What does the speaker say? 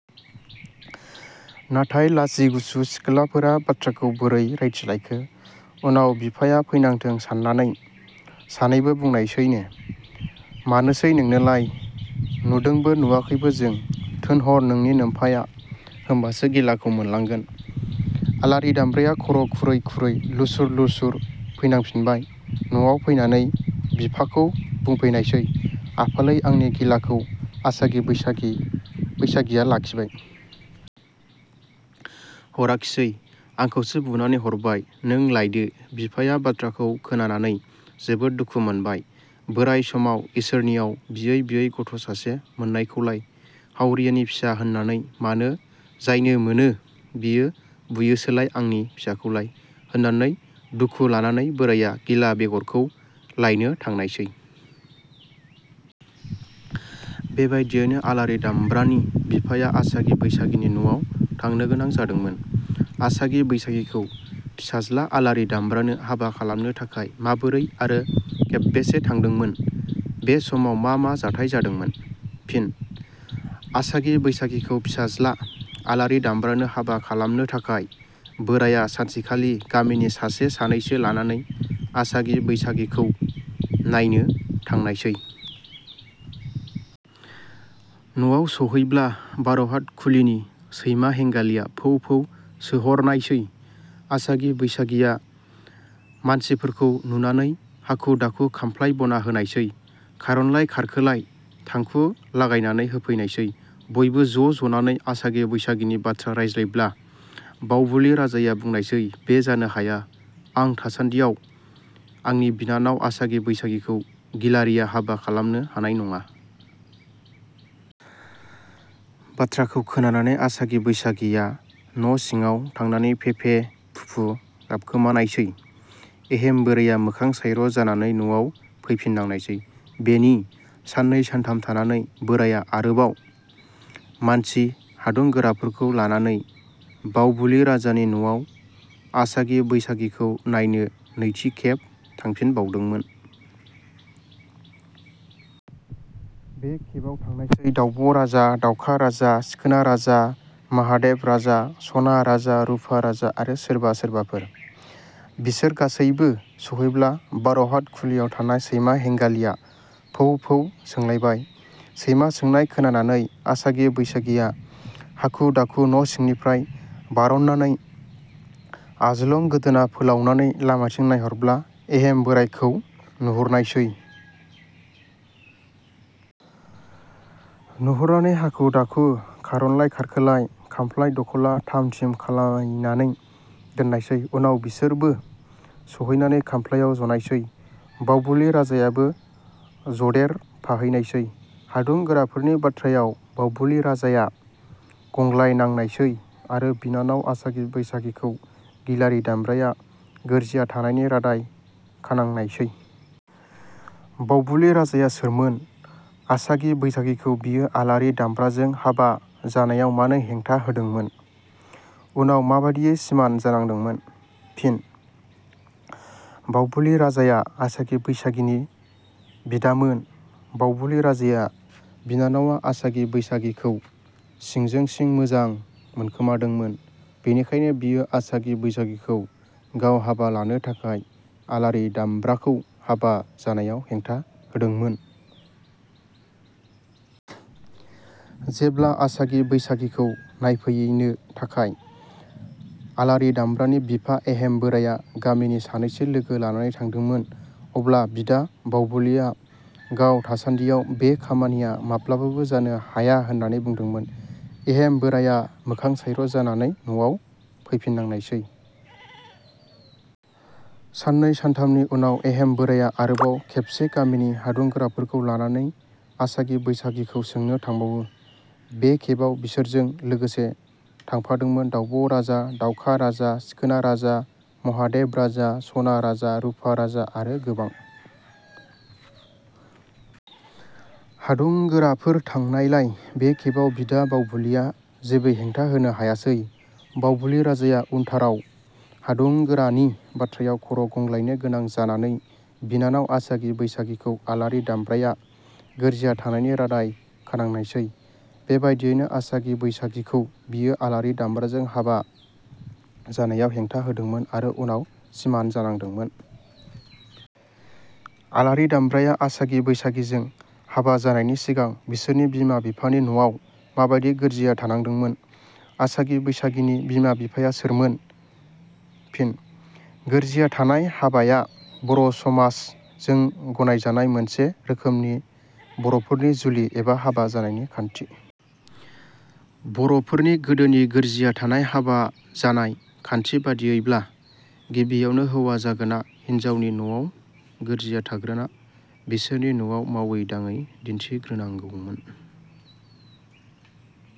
नाथाय लाजिगुसु सिख्लाफोरा बाथ्राखौ बोरै रायथिलायखो? उनाव बिफाया फैनांथों साननानै सानैबो बुंनायसैनो – मानोसै नोंनोलाय? नुदोंबो नुवाखैबो जों। थोनहर नोंनि नोमफाया; होमबासो गिलाखौ मोनलांगोन। आलारि दामब्राया खर' खुरै खुरै लुसुर लुसुर फैनांफिनबाय। नआव फैनानै बिफाखौ बुंफैनायसै- आफालै, आंनि गिलाखौ आसागि बैसागिया लाखिबाय। हराखिसै। आंखौसो बुनानै हरबाय। नों लायदो। बिफाया बाथ्राखौ खोनानानै जोबोर दुखु मोनबाय। "बोराइ समाव इसोरनियाव बियै बियै गथ' सासे मोननायखौलाय हावरियानि फिसा होननानै मानो जायनो मोनो बियो बुयोसोलाय आंनि फिसाखौलाय" होननानै दुखु लानानै बोराइया गिला बेगरखौ लायनो थांनायससै। बेबादियैनो आलारि दामब्रानि बिफाया आसागि बैसागिनि न'आव थांनोगोनां जादोंमोन।. आसागि-बैसागिखौ फिसाज्ला आलारि दामब्रानो हाबा खालामनो थाखाय माबोरै आरो खेबबेसे थांदोंमोन? बे समाव मा मा जाथाइ जादोंमोन? फिन: आसागि बैसागिखौ फिसाज्ला आलारि दामब्रानो हाबा खालामनो थाखाय बोराया सानसेखालि गामिनि सासे सानैसो लानानै आसागि बैसागिखौ नायनो थांनायसै। न'आव सहैब्ला बार'हात खुलिनि सैमा हेंगालिया फौ फौ सोहरनायसै। आसागि बैसागिया मानसिफोरखौ नुनानै हाखु दाखु खामफ्लाइ बना होनायसै। खारनलाय खारखोलाय थांखु लागायनानै होफैनायसै। बयबो ज' जनानै आसागि बैसागिनि बाथ्रा रायज्लायब्ला बावबुलि राजाया बुंनायसै- बे जानो हाया, आं थासानदियाव आंनि बिनानाव आसागि बैसागिखौ गिलारिया हाबाआ खालामनो हानाय नडा। बाथ्राखौ खोनानानै आसागि बैसागिया न' सिडाव थांनानै फे-फे, फु-फु गाबखोमानायसै। एहेम बोराइया मोखां सायर' जानानै नआव फैफिननांनायसै। बेनि साननै सानथाम थानानै बोराइया अरोबाव मानसि हादुंगोराफोरखौ लानानै बावबुलि राजानि न'आव आसागि बैसागिखौ नायनो नैथि खेब थांफिनबावदोंमोन। बे खेबाव थांनायसै दाउब' राजा, दाउखा राजा, सिखोना राजा, माहादेब राजा, स'ना राजा, रुफा राजा आरो सोरबा सोरबाफोर। बिसोर गासैबो सहैब्ला बार'हात खुलियाव थानाय सैमा हेंगालिया फौ फौ सोंलायबाय। सैमा सोंनाय खोनानानै आसागि बैसागिया हाखु दाखु न' सिंनिफ्राय बार'ननानै आजलं गोदोना फोलाउनानै लामाथिं नायहरब्ला एहेम बोराइखौ नुहरनायसै। नुहरनानै हाखु-दाखु खारनलाय खारखोलाय खामफ्लाइ दखला थाम थिम खालायनानै दोननायसै। उनाव बिसोरबो सहैनानै खामफ्लाइयाव जनायसै। बावबुलि राजायाबो जदेरफाहैनायसै। हादुं गोराफोरनि बाथ्रायाव बावबुलि राजाया गंग्लायनांनायसै आरो बिनानाव आसागि बैसागिखौ गिलारि दामब्राया गोरजिया थानायनि रादाय खानांनायसै।. बावबुलि राजाया सोरमोन? आसागि-बैसागिखौ बियो आलारि दामब्राजों हाबा जानायाव मानो हेंथा होदोंमोन? उनाव माबादियै सिमान जानांदोंमोन? फिनः बावबुलि राजाया आसागि बैसागिनि बिदामोन। बावबुलि राजाया बिनानावा आसागि बैसागिखौ सिंजों सिं मोजां मोनखौमादोंमोन। बेनिखायनो बियो आसागि बैसागिखौ गाव हाबा लानो थाखाय आलारि दामब्राखौ हाबा जानायाव हेंथा होदोंमोन। जेब्ला आसागि बैसागिखौ नायफैनो थाखाय आलारि दामब्रानि बिफा एहेम बोराइया गामिनि सानैसो लोगो लानानै थांदोंमोन अब्ला बिदा बावबुलिया गाव थासानदियाव बे खामानिया माब्लाबाबो जानो हाया होननानै बुंदोंमोन। एहेम बोराइया मोखां सायर' जानानै नआव फैफिननांनायसै। साननै सानथामनि उनाव एहेम बोराया आरोबाव खेबसे गामिनि हादुंगोराफोरखौ लानानै आसागि बैसागिखौ सोंनो थांबावो। बे खेबाव बिसोरजों लोगोसे थांफादोंमोन दाउब' राजा, दाउखा राजा, सिखोना राजा, महादेब राजा, सना राजा, रुफा राजा, आरो गोबां। हादुंगोराफोर थांनायलाय बे खेबाव बिदा बावबुलिया जेबो हेंथा होनो हायासै। बावबुलि राजाया उनथाराव हादुंगोरानि बाथ्रायाव खर' गंग्लायनो गोनां जानानै बिनानाव आसागि बैसागिखौ आलारि दामब्राया गोरजिया थानायनि रादाय खानांनायसै। बेबादियैनो आसागि-बैसागिखौ बियो आलारि दामब्राजों हाबा जानायाव हेंथा होदोंमोन आरो उनाव सिमान जानांदोंमोन।. आलारि दामब्राया आसागि- बैसागिजों हाबा जानायनि सिगां बिसोरनि बिमा बिफानि नआव माबादि गोरजिया थानांदोंमोन? आसागि बैसागिनि बिमा-बिफाया सोरमोन? फिनः गोरजिया थानाय हाबाया बर' समाज जों गगानायजानाय मोनसे रोखोमनि बर'फोरनि जुलि एबा हाबा जानायनि खान्थि। बर'फोरनि गोदोनि गोरजिया थानाय हाबा जानाय खान्थि बादियैब्ला गिबियावनो हौवा जागोना हिनजावनि नवाव गोरजिया थाग्रोना बिसोरनि नवाव मावै-दाङै दिन्थिग्रोनांगौमोन।